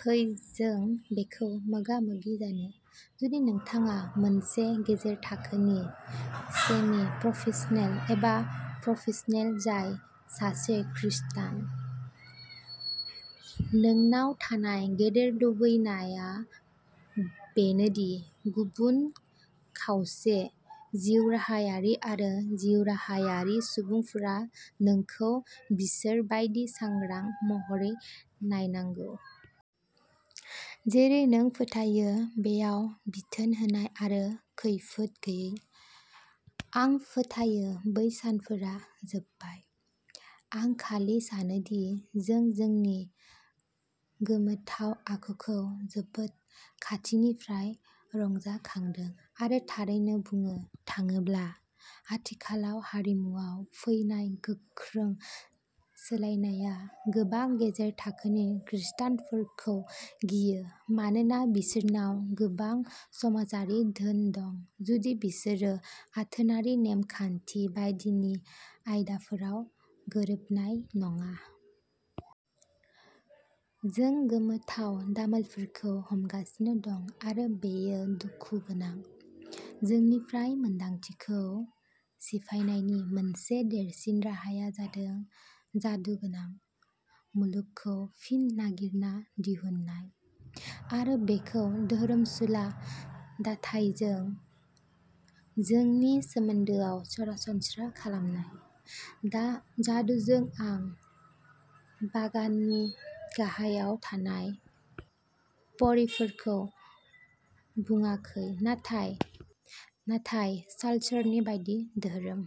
फै जों बेखौ मोगा-मोगि जानो, जुदि नोंथाङा मोनसे गेजेर थाखोनि सेमि-प्रफेसनेल एबा प्रफेसनेल जाय सासे खृस्टान, नोंनाव थानाय गेदेर लुबैनाया बेनो दि गुबुन खावसे-जिउराहायारि आरो जिउराहायारि सुबुंफोरा नोंखौ बिसोर बायदि सांग्रां महरै नायनांगौ। जेरै नों फोथायो बेयाव बिथोन होनाय आरो खैफोद गैयै। आं फोथायो बै सानफोरा जोबबाय। आं खालि सानो दि जों जोंनि गोमोथाव आखुखौ जोबोद खाथिनिफ्राय रंजाखांदों, आरो थारैनो बुंनो थाङोब्ला आथिखालाव हारिमुआव फैनाय गोख्रों सोलायनाया गोबां गेजेर थाखोनि खृस्टानफोरखौ गियो, मानोना बिसोरनाव गोबां समाजारि धोन दं, जुदि बिसोरो आथोनारि नेम खान्थि बायदिनि आयदाफोराव गोरोबनाय नङा। जों गोमोथाव दामोलफोरखौ हमगासिनो दं, आरो बेयो दुखु गोनां। जोंनिफ्राय मोनदांथिखौ सिफायनायनि मोनसे देरसिन राहाया जादों "जादुगोनां" मुलुगखौ फिन नागिरना दिहुननाय, आरो बेखौ धोरोमसुला दाथायजों जोंनि सोमोन्दोआव सरासनस्रा खालामनाय। दा जादुजों आं "बागाननि गाहायाव थानाय परीफोर" खौ बुङाखै, नाथाय चार्ल्सनि बायदि रोखोमै।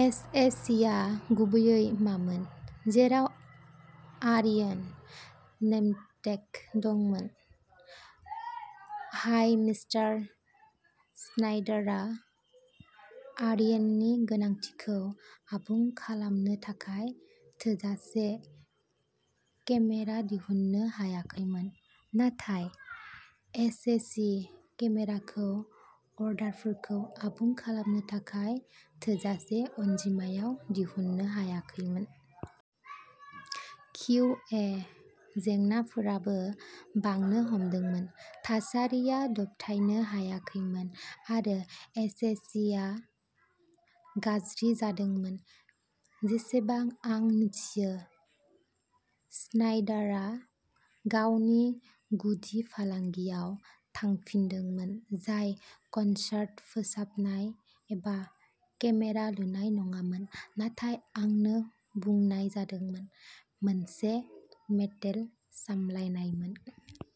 एस. ए. सि. आ गुबैयै मामोन, जेराव अरियन नेमटेग दंमोन। हाय, मिस्टार स्नाइडारआ अरियननि गोनांथिखौ आबुं खालामनो थाखाय थोजासे केमेरा दिहुननो हायाखैमोन। बिथाङा एस. ए. सि. केमेराखौ अर्डारफोरखौ आबुं खालामनो थाखाय थोजासे अनजिमायाव दिहुननो हायाखैमोन। किउ. ए. जेंनाफोराबो बांनो हमदोंमोन। थासारिया दबथायनो हायाखैमोन आरो एस. ए. सि. आ गाज्रि जादोंमोन। जेसेबां आं मिथियो, स्नाइडारआ गावनि गुदि फालांगियाव थांफिनदोंमोन-जाय कनसार्ट फोसावनाय एबा केमेरा लुनाय नङामोन, नाथाय, आंनो बुंनाय जादोंमोन, मोनसे मटेल सामलायनायमोन।